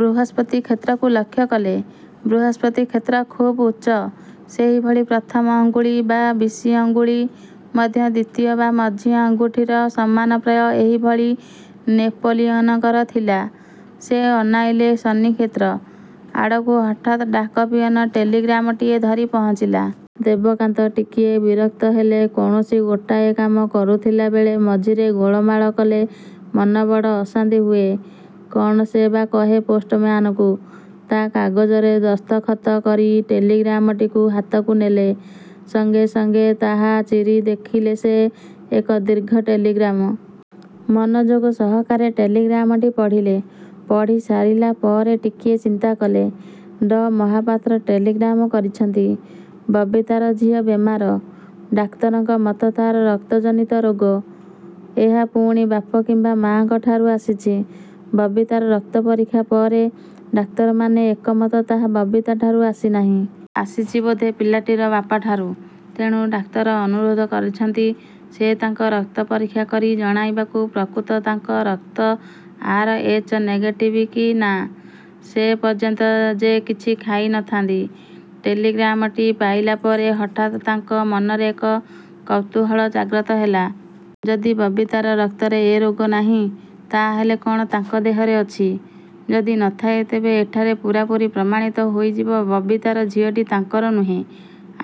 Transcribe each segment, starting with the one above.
ବୃହସ୍ପତି କ୍ଷେତ୍ରକୁ ଲକ୍ଷ୍ୟ କଲେ। ବୃହସ୍ପତି କ୍ଷେତ୍ର ଖୁବ୍ ଉଚ୍ଚ। ସେହିଭଳି ପ୍ରଥମ ଅଙ୍ଗୁଳି ବା ବିଶି ଆଙ୍ଗୁଳି ମଧ୍ୟ ଦ୍ୱିତୀୟ ବା ମଝି ଆଙ୍ଗୁଠିର ସମାନ ପ୍ରାୟ ଏହିଭଳି ନେପୋଲିୟନଙ୍କର ଥିଲା। ସେ ଅନାଇଲେ ଶନି କ୍ଷେତ୍ର। ଆଡ଼କୁ-ହଠାତ୍ ଡାକପିଅନ ଟେଲିଗ୍ରାମଟିଏ ଧରି ପହଞ୍ଚିଲା। ଦେବକାନ୍ତ ଟିକିଏ ବିରକ୍ତ ହେଲେ କୌଣସି ଗୋଟାଏ କାମ କରୁଥିଲାବେଳେ ମଝିରେ ଗୋଳମାଳ କଲେ ମନ ବଡ଼ ଅଶାନ୍ତି ହୁଏ। କଣ୍ ସେ ବା କହେ ପୋଷ୍ଟମ୍ୟାନକୁ। ତା କାଗଜରେ ଦସ୍ତଖତ କରି ଟେଲିଗ୍ରାମଟିକୁ ହାତକୁ ନେଲେ। ସଙ୍ଗେ ସଙ୍ଗେ ତାହା ଚିରି ଦେଖିଲେସେ ଏକ ଦୀର୍ଘ ଟେଲିଗ୍ରାମ। ମନଯୋଗ ସହକାରେ ଟେଲିଗ୍ରାମଟି ପଢ଼ିଲେ। ପଢ଼ି ସାରିଲା ପରେ ଟିକିଏ ଚିନ୍ତାକଲେ। ଡଃ ମହାପାତ୍ର ଟେଲିଗ୍ରାମ କରିଛନ୍ତି। ବବିତାର ଝିଅ ବେମାର। ଡାକ୍ତରଙ୍କ ମତ ତାର ରକ୍ତ ଜନିତ ରୋଗ। ଏହା ପୁଣି ବାପ କିମ୍ୱା ମାଙ୍କ ଠାରୁ ଆସିଛି। ବବିତାର ରକ୍ତ ପରୀକ୍ଷା ପରେ ଡାକ୍ତରମାନେ ଏକମତ ତାହା ବବିତାଠାରୁ ଆସିନାହିଁ। ଆସିଛି ବୋଧେ ପିଲାଟିର ବାପାଠାରୁ। ତେଣୁ ଡାକ୍ତର ଅନୁରୋଧ କରିଛନ୍ତି ସେ ତାଙ୍କ ରକ୍ତ ପରୀକ୍ଷା କରି ଜଣାଇବାକୁ ପ୍ରକୃତ ତାଙ୍କ ରକ୍ତ ଆର୍. ଏଚ, ନେଗେଟିଭ କି ନା? ସେ ପର୍ଯ୍ୟନ୍ତ ଯେ କିଛି ଖାଇ ନଥାନ୍ତି। ଟେଲିଗ୍ରାମଟି ପାଇଲାପରେ ହଠାତ୍ ତାଙ୍କ ମନରେ ଏକ କୌତୁହଳ ଜାଗ୍ରତ ହେଲା। ଯଦି ବବିତାର ରକ୍ତରେ ଏ ରୋଗନାହିଁ ତାହାହେଲେ କଣ ତାଙ୍କ ଦେହରେ ଅଛି? ଯଦି ନଥାଏ ତେବେ ଏଠାରେ ପୂରାପୂରି ପ୍ରମାଣିତ ହୋଇଯିବ ବବିତାର ଝିଅଟି ତାଙ୍କର ନୁହେଁ।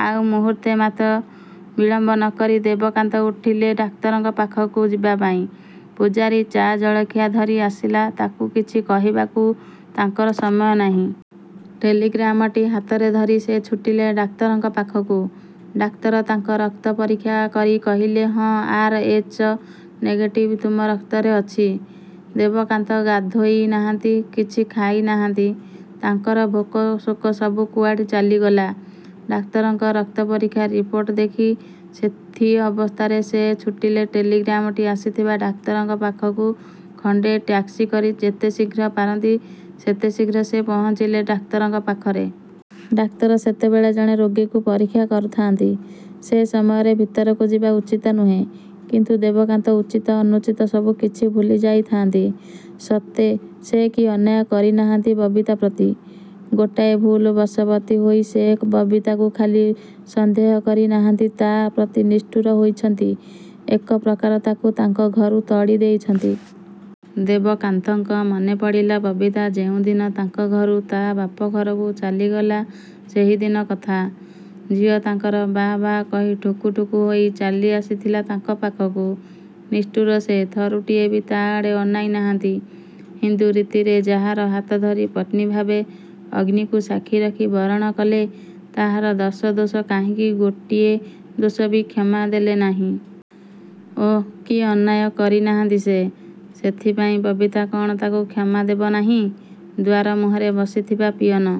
ଆଉ ମୁହୂର୍ତ୍ତେ ମାତ୍ର ବିଳମ୍ୱ ନକରି ଦେବକାନ୍ତ ଉଠିଲେ ଡାକ୍ତରଙ୍କ ପାଖକୁ ଯିବାପାଇଁ। ପୂଝାରୀ ଚା ଜଳଖିଆ ଧରି ଆସିଲା ତାକୁ କିଛି କହିବାକୁ ତାଙ୍କର ସମୟ ନାହିଁ। ଟେଲିଗ୍ରାମଟି ହାତରେ ଧରି ସେ ଛୁଟିଲେ ଡାକ୍ତରଙ୍କ ପାଖକୁ। ଡାକ୍ତର ତାଙ୍କ ରକ୍ତ ପରୀକ୍ଷା କରି କହିଲେ ହଁ ଆର୍, ଏଚ୍, ନେଗେଟିଭ ତୁମ ରକ୍ତରେ ଅଛି। ଦେବକାନ୍ତ ଗାଧୋଇ ନାହାନ୍ତି କିଛି ଖାଇ ନାହାନ୍ତି ତାଙ୍କର ଭୋକ ଶୋକସବୁ କୁଆଡ଼େ ଚାଲିଗଲା ଡାକ୍ତରଙ୍କ ରକ୍ତ ପରୀକ୍ଷା ରିପୋର୍ଟ ଦେଖି ସେଥି ଅବସ୍ଥାରେ ସେ ଛୁଟିଲେ ଟେଲିଗ୍ରାମଟି ଆସିଥିବା ଡାକ୍ତରଙ୍କ ପାଖକୁ ଖଣ୍ଡେ ଟ୍ୟାକସି କରି ଯେତେଶୀଘ୍ର ପାରନ୍ତି ସେତେଶୀଘ୍ର ସେ ପହଞ୍ଚିଲେ ଡାକ୍ତରଙ୍କ ପାଖରେ। ଡାକ୍ତର ସେତେବେଳେ ଜଣେ ରୋଗୀକୁ ପରୀକ୍ଷା କରୁଥାନ୍ତି। ସେ ସମୟରେ ଭିତରକୁ ଯିବା ଉଚିତ ନୁହେଁ। କିନ୍ତୁ ଦେବକାନ୍ତ ଉଚିତ ଅନୁଚିତ ସବୁ କିଛି ଭୁଲିଯାଇଥାନ୍ତି। ସତେ ସେ କି ଅନ୍ୟାୟ କରିନାହାନ୍ତି ବବିତା ପ୍ରତି। ଗୋଟାଏ ଭୁଲ୍ ବଶବର୍ତ୍ତୀ ହୋଇ ସେ ବବିତାକୁ ଖାଲି ସନ୍ଦେହ କରି ନାହାନ୍ତି ତା ପ୍ରତି ନିଷ୍ଠୁର ହୋଇଛନ୍ତି-ଏକ ପ୍ରକାର ତାକୁ ତାଙ୍କ ଘରୁ ତଡ଼ି ଦେଇଛନ୍ତି। ଦେବକାନ୍ତଙ୍କ ମନେପଡ଼ିଲା ବବିତା ଯେଉଁଦିନ ତାଙ୍କ ଘରୁ ତା ବାପଘରକୁ ଚାଲିଗଲା ସେହିଦିନ କଥା। ଝିଅ ତାଙ୍କର ବା, ବା କହି ଠୁକୁ ଠୁକୁ ହୋଇ ଚାଲିଆସିଥିଲା ତାଙ୍କ ପାଖକୁ। ନିଷ୍ଠୁର ସେ ଥରୁଟିଏ ବି ତା ଆଡ଼େ ଅନାଇନାହାନ୍ତି। ହିନ୍ଦୁ ରୀତିରେ ଯାହାର ହାତଧରି ପତ୍ନୀଭାବେ ଅଗ୍ନିକୁ ସାକ୍ଷୀ ରଖି ବରଣ କଲେ; ତାହାର ଦଶ ଦୋଷ କାହିଁକି ଗୋଟିଏ ଦୋଷ ବି କ୍ଷମା ଦେଲେ ନାହିଁ। ଓଃ କି ଅନ୍ୟାୟ କରିନାହାନ୍ତି ସେ। ଏଥିପାଇଁ ବବିତା କଣ ତାକୁ କ୍ଷମା ଦେବ ନାହିଁ। ଦ୍ୱାର ମୁଁହରେ ବସିଥିବା ପିଅନ